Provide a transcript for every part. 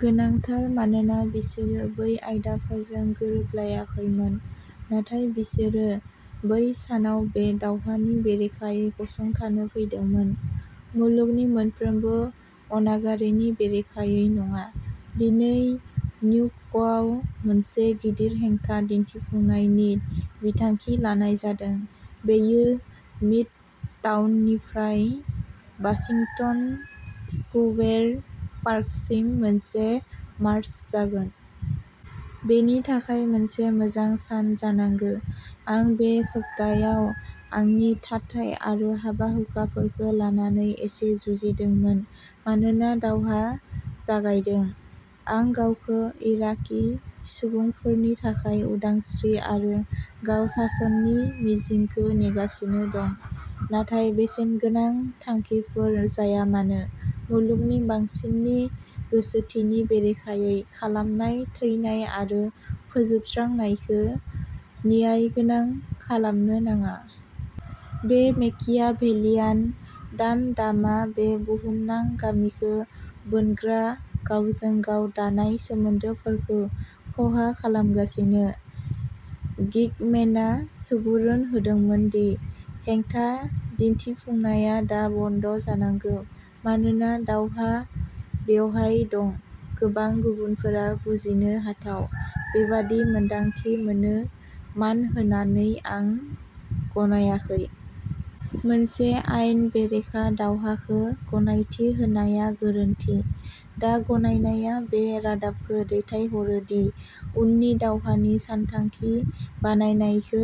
गोनांथार मानोना बिसोरो बै आयदाफोरजों गोरोबलायाखैमोन, नाथाय बिसोरो बै सानाव बे दावहानि बेरेखायै गसंथानो फैदोंमोन, मुलुगनि मोनफ्रोमबो अनागारिनि बेरेखायै नङा। दिनै निउयर्कआव मोनसे गिदिर हेंथा दिन्थिफुंनायनि बिथांखि लानाय जादों। बेयो मिडटाउननिफ्राय वाशिंटन स्कुवेर पार्कसिम मोनसे मार्च जागोन। बेनि थाखाय मोनसे मोजां सान जानांगौ। आं बे सप्तायाव आंनि थाथाय आरो हाबा-हुखाफोरखौ लानानै एसे जुजिदोंमोन मानोना दावहा जागायदों। आं गावखौ इराकी सुबुंफोरनि थाखाय उदांस्रि आरो गाव-सासननि मिजिंखौ नेगासिनो दं। नाथाय बेसेनगोनां थांखिफोर जाया मानो, मुलुगनि बांसिननि गोसोथिनि बेरेखायै खालामनाय थैनाय आरो फोजोबस्रांनायखौ न्यायगोनां खालामनो नाङा। बे मेकियाभेलियान दाम-दामआ बे बुहुमनां गामिखौ बोनग्रा गावजों-गाव दानाय सोमोन्दोफोरखौ खहा खालामगासिनो। गीकमेनआ सुबुरुन होदोंमोन दि हेंथा दिन्थिफुंनाया दा बन्द जानांगौ मानोना दावहाआ बेवहाय दं। गोबां गुबुनफोरा बुजिनो हाथाव। बेबादि मोन्दांथि मोनो। मान होनानै, आं गनायाखै। मोनसे आयेन बेरेखा दावहाखौ गनायथि होनाया गोरोन्थि। दा गनायनाया बे रादाबखौ दैथायहरो दि उननि दावहानि सानथांखि बानायनायखौ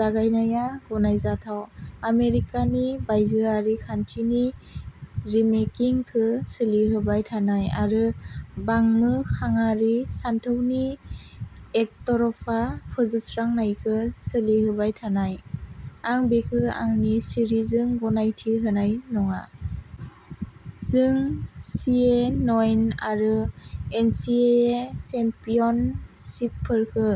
जागायनाया गनायजाथाव, आमेरिकानि बायजोआरि खान्थिनि रिमेकिंखौ सोलिहोबाय थानाय, आरो बांमोखाङारि सानथौनि एकतरफा फोजोबस्रांनायखौ सोलिहोबाय थानाय। आं बेखौ आंनि सिरिजों गनायथि होनाय नङा। जों सिएनएन आरो एनसिएए चेम्पियनशिपफोरखौ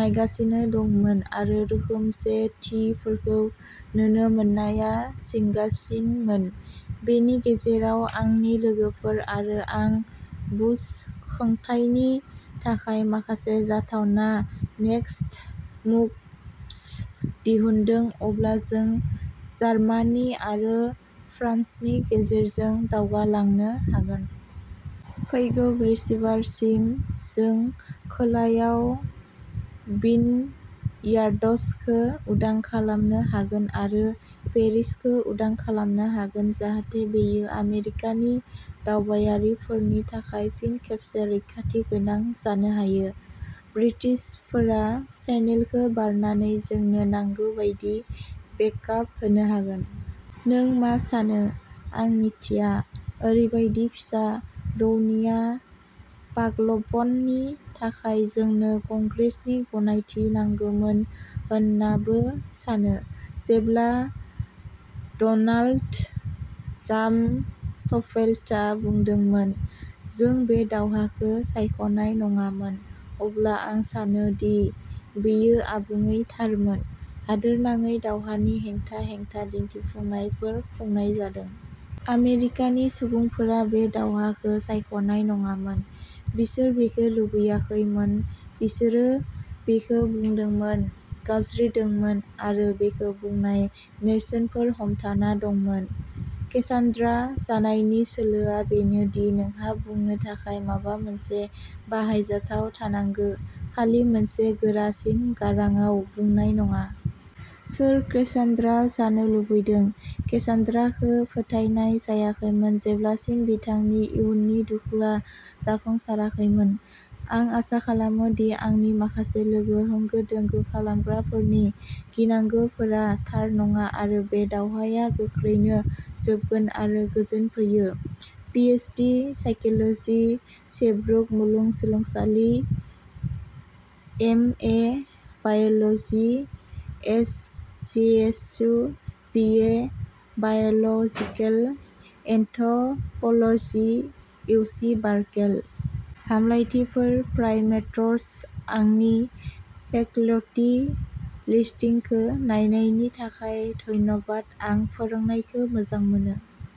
नायगासिनो दंमोन आरो रोखोमसेथिफोरखौ नुनो मोननाया जिंगासिनमोन। बेनि गेजेराव आंनि लोगोफोर आरो आं बुश खुंथायनि थाखाय माखासे जाथावना नेक्सट मुभ्स दिहुनदों। अब्ला जों जार्मानि आरो फ्रान्सनि गेजेरजों दावगालांनो हागोन। फैगौ बृहस्पतिबारसिम जों खोलायाव विनयार्ड्सखौ उदां खालामनो हागोन आरो पेरिसखौ उदां खालामनो हागोन जाहाथे बेयो आमेरिकानि दावबायारिफोरनि थाखाय फिन खेबसे रैखाथि गोनां जानो हायो। ब्रिटिशफोरा चेनेलखौ बारनानै जोंनो नांगौ बायदि बेक-आप होनो हागोन। नों मा सानो? आं मिथिया। ओरैबायदि फिसा रौनिया पागलपननि थाखाय जोंनो कंग्रेसनि गनायथि नांगौमोन होन्नाबो सानो। जेब्ला डनाल्ड रामसफेल्डआ बुंदोंमोन, जों बे दावहाखौ सायख'नाय नङामोन, अब्ला आं सानोदि बियो आबुङै थारमोन। हादोरनाङै दावहानि हेंथा हेंथा दिन्थिफुंनायफोर खुंनाय जादों। आमेरिकानि सुबुंफोरा बे दावहाखौ सायख'नाय नङामोन। बिसोर बेखौ लुबैयाखैमोन बिसोरो बेखौ बुंदोंमोन, गाबज्रिदोंमोन, आरो बेखौ बुंनाय नेरसोनफोर हमथाना दंमोन। केसान्द्रा जानायनि सोलोआ बेनो दि नोंहा बुंनो थाखाय माबा मोनसे बाहायजाथाव थानांगौ, खालि मोनसे गोरासिन गारांआव बुंनाय नङा। सोर केसान्द्रा जानो लुबैदों? केसान्द्राखौ फोथायनाय जायाखैमोन जेब्लासिम बिथांनि इयुननि दुखुआ जाफुंसाराखैमोन। आं आसा खालामो दि आंनि माखासे लोगो होंगो-दोंगो खालामग्राफोरनि गिनांगौफोरा थार नङा, आरो बे दावहाया गोख्रैनो जोबगोन आरो गोजोन फैयो। पिएइचडि साइकोल'जि, सेब्रुक मुलुगसोलोंसालि MA biology, SJSU; BA biological anthropology, UC Berkeley. हामलायथिफोर, प्राइमेट्स आंनि फेकल्टी लिस्टिंखौ नायनायनि थाखाय धन्यबाद। आं फोरोंनायखौ मोजां मोनो।